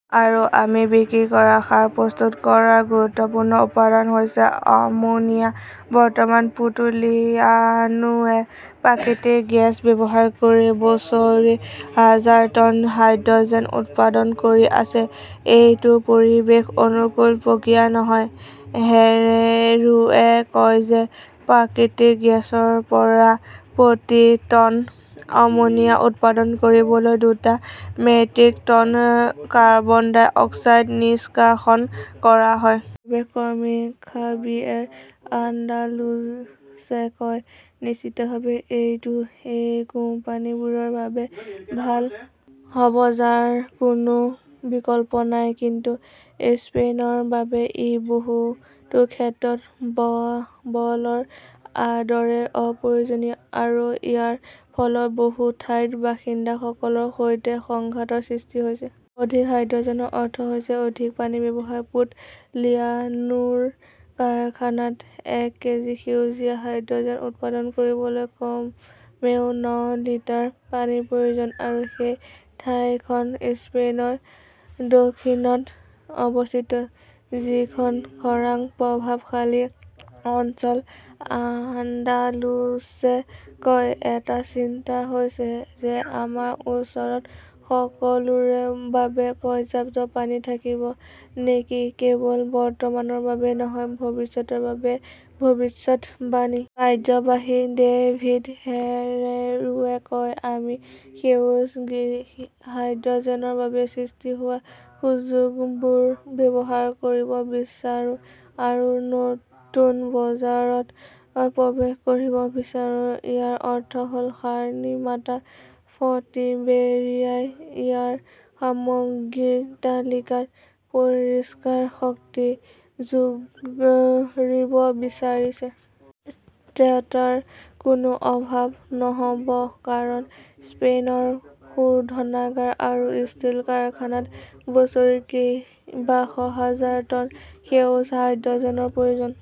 আৰু আমি বিক্ৰী কৰা সাৰ প্ৰস্তুত কৰাৰ গুৰুত্বপূৰ্ণ উপাদান হৈছে আমোনিয়া। বৰ্তমান পুৰ্টোলিয়ানোৱে প্ৰাকৃতিক গেছ ব্যৱহাৰ কৰি বছৰি হাজাৰ টন হাইড্ৰʼজেন উৎপাদন কৰি আছে। এইটো পৰিৱেশ অনুকূল প্ৰক্ৰিয়া নহয়। হেৰেৰোৱে কয় যে প্ৰাকৃতিক গেছৰ পৰা প্ৰতি টন আমোনিয়া উৎপাদন কৰিবলৈ দুটা metric ton carbon dioxide নিষ্কাশন কৰা হয়। পৰিৱেশ কৰ্মী খাবিয়েৰ আন্দালুছে কয়, নিশ্চিতভাৱে এইটো সেই কোম্পানীবোৰৰ বাবে ভাল হʼব, যাৰ কোনো বিকল্প নাই। কিন্তু স্পেইনৰ বাবে ই বহুতো ক্ষেত্ৰত বাবলৰ দৰে অপ্ৰয়োজনীয়। আৰু ইয়াৰ ফলত বহু ঠাইত বাসিন্দাসকলৰ সৈতে সংঘাতৰ সৃষ্টি হৈছে। অধিক হাইড্ৰʼজেনৰ অৰ্থ হৈছে অধিক পানীৰ ব্যৱহাৰ। পুৰ্টʼ লিয়ানোৰ কাৰখানাত এক কেজি সেউজীয়া হাইড্ৰʼজেন উৎপাদন কৰিবলৈ কমেও ন লিটাৰ পানীৰ প্ৰয়োজন। আৰু সেই ঠাইখন স্পেইনৰ দক্ষিণত অৱস্থিত, যিখন খৰাং প্ৰভাৱশালী অঞ্চল, আন্দালুছে কয়, এটা চিন্তা হৈছে যে আমাৰ ওচৰত সকলোৰে বাবে পৰ্যাপ্ত পানী থাকিব নেকি-কেৱল বৰ্তমানৰ বাবে নহয়, ভৱিষ্যতৰ বাবে ভৱিষ্যদ্বাণী। কাৰ্যবাহী ডেভিদ হেৰেৰোৱে কয়, আমি সেউজ হাইড্ৰʼজেনৰ বাবে সৃষ্টি হোৱা সুযোগবোৰ ব্যৱহাৰ কৰিব বিচাৰো আৰু নতুন বজাৰত প্ৰৱেশ কৰিব বিচাৰো। ইয়াৰ অৰ্থ হʼল, সাৰ নিৰ্মাতা ফাৰ্টিবেৰিয়াই ইয়াৰ সামগ্ৰীৰ তালিকাত পৰিষ্কাৰ শক্তি যোগ কৰিব বিচাৰিছে। ক্ৰেতাৰ কোনো অভাৱ নহʼব কাৰণ স্পেইনৰ শোধনাগাৰ আৰু ষ্টীল কাৰখানাত বছৰি কেইবাশ হাজাৰ টন সেউজ হাইড্ৰʼজেনৰ প্ৰয়োজন।